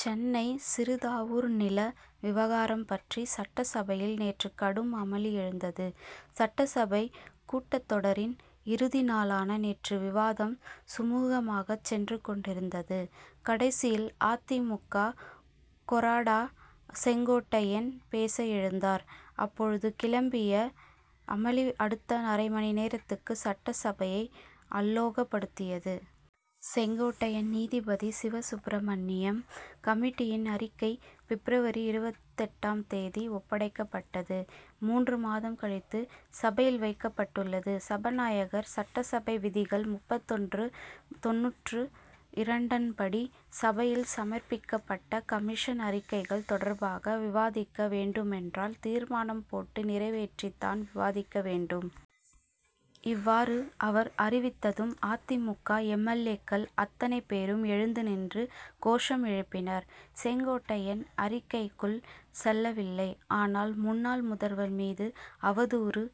சென்னை சிறுதாவூர் நில விவகாரம் பற்றி சட்டசபையில் நேற்று கடும் அமளி எழுந்தது. சட்டசபை கூட்டத்தொடரின் இறுதி நாளான நேற்று விவாதம் சுமுகமாகச் சென்று கொண்டிருந்தது. கடைசியில் அ. தி. மு. க. கொறடா செங்கோட்டையன் பேச எழுந்தார். அப்போது கிளம்பிய அமளி அடுத்த அரை மணி நேரத்துக்கு சட்டசபையை அல்லோகலப்படுத்தியது. செங்கோட்டையன் நீதிபதி சிவசுப்ரமணியம் கமிட்டியின் அறிக்கை பிப்ரவரி இருபத்தெட்டாம் தேதி ஒப்படைக்கப்பட்டது. மூன்று மாதம் கழித்து சபையில் வைக்கப்பட்டுள்ளது. சபாநாயகர் சட்டசபை விதிகள் முப்பத்தொன்று தொண்ணூற்று இரண்டன்படி சபையில் சமர்ப்பிக்கப்பட்ட கமிஷன் அறிக்கைகள் தொடர்பாக விவாதிக்க வேண்டுமென்றால் தீர்மானம் போட்டு நிறைவேற்றி தான் விவாதிக்க வேண்டும். இவ்வாறு அவர் அறிவித்ததும் அ. தி. மு. க. எம். எல். ஏ.க்கள் அத்தனை பேரும் எழுந்து நின்று கோஷம் எழுப்பினர். செங்கோட்டையன் அறிக்கைக்குள் செல்லவில்லை. ஆனால் முன்னாள் முதல்வர் மீது அவதூறு.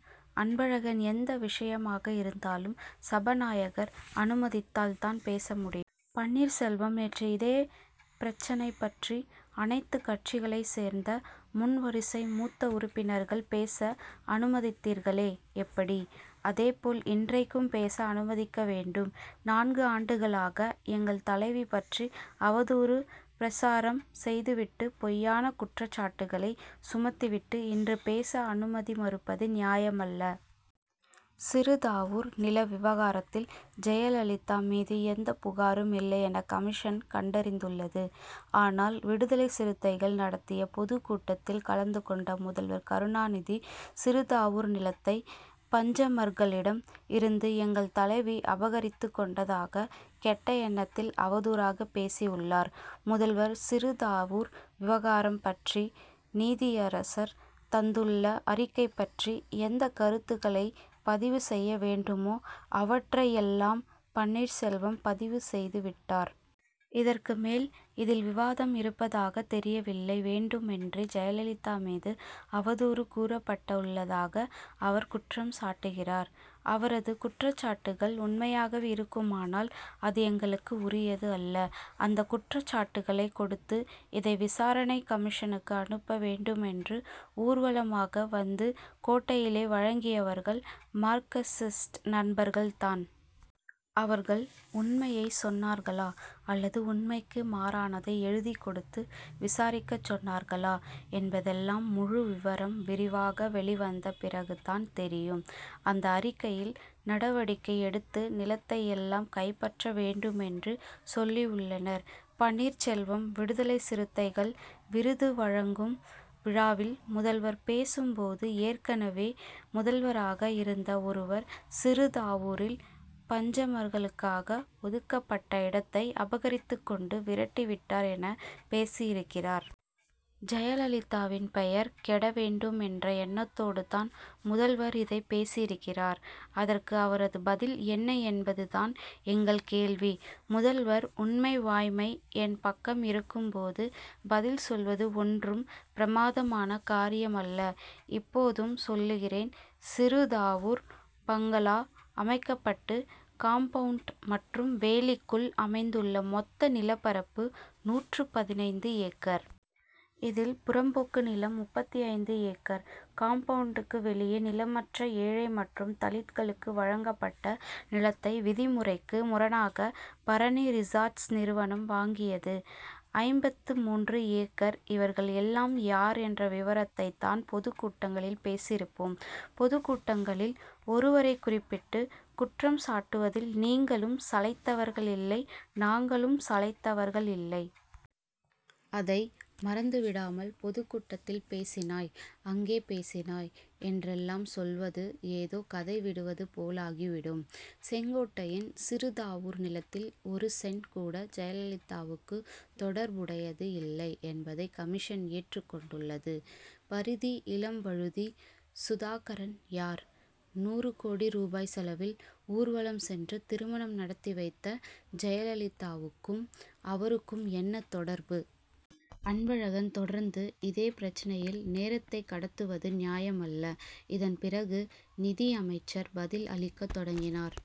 அன்பழகன் எந்த விஷயமாக இருந்தாலும் சபாநாயகர் அனுமதித்தால் தான் பேச முடியும். பன்னீர் செல்வம் நேற்று இதே பிரச்னை பற்றி அனைத்து கட்சிகளைச் சேர்ந்த முன்வரிசை மூத்த உறுப்பினர்கள் பேச அனுமதித்தீர்களே எப்படி. அதேபோல் இன்றைக்கும் பேச அனுமதிக்க வேண்டும். நான்கு ஆண்டுகளாக எங்கள் தலைவி பற்றி அவதூறு பிரசாரம் செய்துவிட்டு பொய்யான குற்றச்சாட்டுகளை சுமத்திவிட்டு இன்று பேச அனுமதி மறுப்பது நியாயமல்ல. சிறுதாவூர் நில விவகாரத்தில் ஜெயலலிதா மீது எந்தப் புகாரும் இல்லை என கமிஷன் கண்டறிந்துள்ளது. ஆனால் விடுதலைச் சிறுத்தைகள் நடத்திய பொதுக் கூட்டத்தில் கலந்துகொண்ட முதல்வர் கருணாநிதி சிறுதாவூர் நிலத்தை பஞ்சமர்களிடம் இருந்து எங்கள் தலைவி அபகரித்துக்கொண்டதாக கெட்ட எண்ணத்தில் அவதூறாக பேசியுள்ளார். முதல்வர் சிறுதாவூர் விவகாரம் பற்றி நீதியரசர் தந்துள்ள அறிக்கை பற்றி எந்தக் கருத்துக்களைப் பதிவு செய்ய வேண்டுமோ அவற்றை எல்லாம் பன்னீர்செல்வம் பதிவு செய்துவிட்டார். இதற்கு மேல் இதில் விவாதம் இருப்பதாகத் தெரியவில்லை. வேண்டுமென்றே ஜெயலலிதா மீது அவதூறு கூறப்பட்டுள்ளதாக அவர் குற்றம் சாட்டுகிறார். அவரது குற்றச்சாட்டுகள் உண்மையாக இருக்குமானால் அது எங்களுக்கு உரியது அல்ல. அந்தக் குற்றச்சாட்டுகளைக் கொடுத்து இதை விசாரணை கமிஷனுக்கு அனுப்ப வேண்டுமென்று ஊர்வலமாக வந்து கோட்டையிலே வழங்கியவர்கள் மார்க்கர்சிஸ்ட் நண்பர்கள் தான். அவர்கள் உண்மையைச் சொன்னார்களா அல்லது உண்மைக்கு மாறானதை எழுதிக் கொடுத்து விசாரிக்கச் சொன்னார்களா என்பதெல்லாம் முழு விவரம் விரிவாக வெளிவந்த பிறகு தான் தெரியும். அந்த அறிக்கையில் நடவடிக்கை எடுத்து நிலத்தை எல்லாம் கைப்பற்ற வேண்டுமென்று சொல்லியுள்ளனர். பன்னீர்செல்வம் விடுதலைச் சிறுத்தைகள் விருது வழங்கும் விழாவில் முதல்வர் பேசும் போது ஏற்கனவே முதல்வராக இருந்த ஒருவர் சிறுதாவூரில் பஞ்சமர்களுக்காக ஒதுக்கப்பட்ட இடத்தை அபகரித்துக் கொண்டு விரட்டி விட்டார் என பேசியிருக்கிறார். ஜெயலலிதாவின் பெயர் கெட வேண்டும் என்ற எண்ணத்தோடு தான் முதல்வர் இதைப் பேசியிருக்கிறார். அதற்கு அவரது பதில் என்ன என்பது தான் எங்கள் கேள்வி. முதல்வர் உண்மை வாய்மை என் பக்கம் இருக்கும் போது பதில் சொல்வது ஒன்றும் பிரமாதமான காரியமல்ல. இப்போதும் சொல்கிறேன். சிறுதாவூர் பங்களா அமைக்கப்பட்டு காம்பவுண்டு மற்றும் வேலிக்குள் அமைந்துள்ள மொத்த நிலப்பரப்பு நூற்று பதினைந்து ஏக்கர். இதில் புறம்போக்கு நிலம் முப்பத்தைந்து ஏக்கர். காம்பவுண்டுக்கு வெளியே நிலமற்ற ஏழை மற்றும் தலித்களுக்கு வழங்கப்பட்ட நிலத்தை விதிமுறைக்கு முரணாக பரணி ரிசார்ட்ஸ் நிறுவனம் வாங்கியது ஐம்பத்து மூன்று ஏக்கர். இவர்கள் எல்லாம் யார் என்ற விவரத்தைத் தான் பொதுக்கூட்டங்களில் பேசியிருப்போம். பொதுக்கூட்டங்களில் ஒருவரை குறிப்பிட்டு குற்றம் சாட்டுவதில் நீங்களும் சளைத்தவர்கள் இல்லை நாங்களும் சளைத்தவர்கள் இல்லை. அதை மறந்துவிடாமல் பொதுக்கூட்டத்தில் பேசினாய் அங்கே பேசினாய் என்றெல்லாம் சொல்வது ஏதோ கதை விடுவது போலாகி விடும். செங்கோட்டையன் சிறுதாவூர் நிலத்தில் ஒரு சென்ட் கூட ஜெயலலிதாவுக்கு தொடர்புடையது இல்லை என்பதை கமிஷன் ஏற்றுக் கொண்டுள்ளது. பரிதி இளம்வழுதி சுதாகரன் யார். நூறு கோடி ரூபாய் செலவில் ஊர்வலம் சென்று திருமணம் நடத்தி வைத்த ஜெயலலிதாவுக்கும் அவருக்கும் என்ன தொடர்பு. அன்பழகன் தொடர்ந்து இதே பிரச்னையில் நேரத்தைக் கடத்துவது நியாயமல்ல. இதன் பிறகு நிதியமைச்சர் பதில் அளிக்கத் தொடங்கினார்.